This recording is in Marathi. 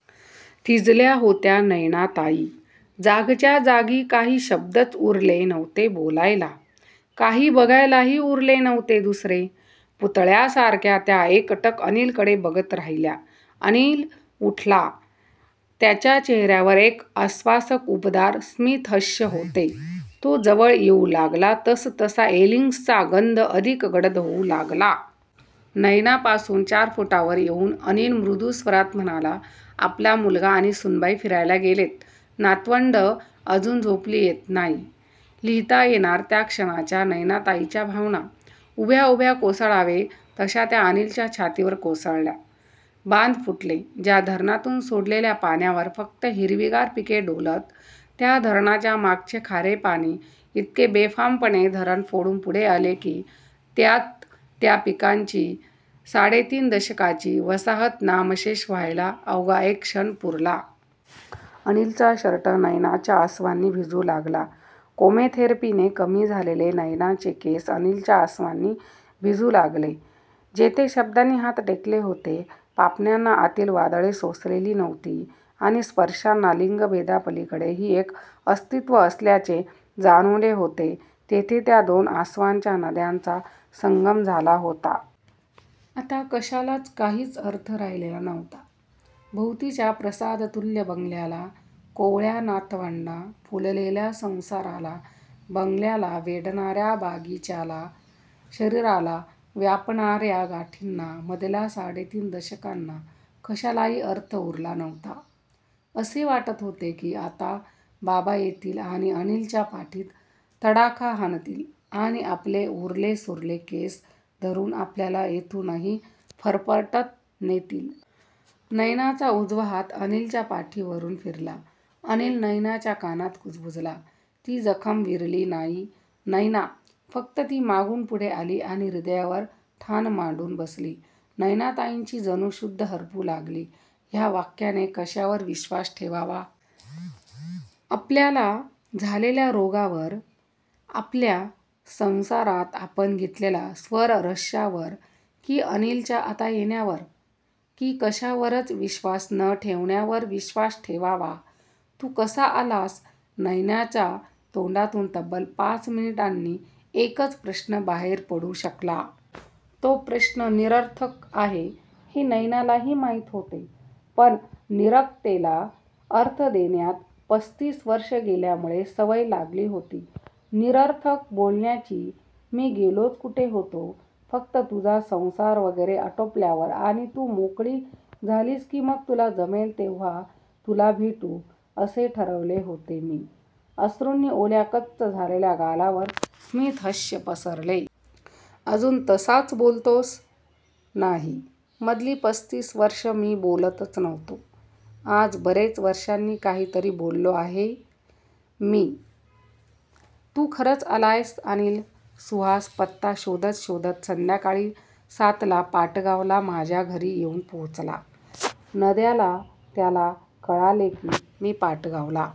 थिजल्या होत्या नयनाताई! जागच्याजागी! काही शब्दच उरले नव्हते बोलायला. काही बघायलाही उरलेच नव्हते दुसरे! पुतळ्यासारख्या त्या एकटक अनिलकडे बघत राहिल्या. अनिल उठला. त्याच्या चेहर्यावर एक आश्वासक उबदार स्मितहास्य होते. तो जवळ येऊ लागला तसतसा 'एलिगन्स'चा गंध अधिक गडद होऊ लागला. नयनापासून चार फुटांवर येऊन अनिल मृदू स्वरात म्हणाला"आपला मुलगा आणि सूनबाई फिरायला गेलेत. नातवंडं अजून झोपलीयत"नाही लिहिता येणार त्या क्षणीच्या नयनाताईंच्या भावना! उभ्या उभ्या कोसळावे तश्या त्या अनिलच्या छातीवर कोसळल्या. बांध फुटले. ज्या धरणातून सोडलेल्या पाण्यावर फक्त हिरवीगार पिके डोलत त्या धरणाच्या मागचे खारे पाणी इतके बेफामपणे धरण फोडून पुढे आले की त्यात त्या पिकांची साडे तीन दशकांची वसाहत नामशेष व्हायला अवघा एक क्षण पुरला. अनिलचा शर्ट नयनाच्या आसवांनी भिजू लागला. केमोथेरपीने कमी झालेले नयनाचे केस अनिलच्या आसवांनी भिजू लागले. जेथे शब्दांनी हात टेकलेले होते, पापण्यांना आतील वादळे सोसलेली नव्हती आणि स्पर्शांना लिंगभेदापलीकडेही एक अस्तित्व असल्याचे जाणवले होते तेथे त्या दोन आसवांच्या नद्यांचा संगम झाला होता. आता कशालाच काहीच अर्थ राहिलेला नव्हता. भोवतीच्या प्रासादतूल्य बंगल्याला, कोवळ्या नातवंडांना, फुललेल्या संसाराला, बंगल्याला वेढणार्या बगीच्याला, शरीराला व्यापणार्या गाठींना, मधल्या साडे तीन दशकांना! कशालाही अर्थ उरला नव्हता. असे वाटत होते की आत्ता बाबा येतील आणि अनिलच्या पाठीत तडाखा हाणतील आणि आपले उरले सुरले केस धरून आपल्याला येथूनही फरफटत नेतील. नयनाचा उजवा हात अनिलच्या पाठीवरून फिरला. अनिल नयनाच्या कानात कुजबुजला. "ती जखम विरली नाही नयना, फक्त ती मागून पुढे आली आणि हृदयावर ठाण मांडून बसली"नयनाताईंची जणू शुद्ध हरपू लागली ह्या वाक्याने! कशावर विश्वास ठेवावा? आपल्याला झालेल्या रोगावर? आपल्या संसारात आपण घेतलेल्या स्वारस्यावर? की अनिलच्या आत्ता येण्यावर? की कशावरच विश्वास न ठेवण्यावर विश्वास ठेवावा? "तू कसा आलास? "नयनाच्या तोंडातून तब्बल पाच मिनिटांनी हा एकच प्रश्न बाहेर पडू शकला. तो प्रश्न निरर्थक आहे हे नयनालाही माहीत होते, पण निरर्थकतेला अर्थ देण्यात पस्तीस वर्षे गेल्यामुळे सवय लागली होती निरर्थक बोलण्याची! "मी गेलोच कुठे होतो? फक्त तुझा संसार वगैरे आटोपल्यावर आणि तू मोकळी झालीस की मग तुला जमेल तेव्हा तुला भेटू असे ठरवले होते मी"अश्रूंनी ओल्या कच्च झालेल्या गालांवर स्मितहास्य पसरले. "अजून तसाच बोलतोस? ""नाही, मधली पस्तीस एक वर्षे मी बोलतच नव्हतो, आज बरेच वर्षांनी काहीतरी बोललो आहे मी""तू खरंच आलायस अनिल? ""सुहास पत्ता शोधत शोधत संध्याकाळी सातला पाटगावला माझ्या घरी येऊन पोचला. नांद्याला त्याला कळले की मी पाटगावला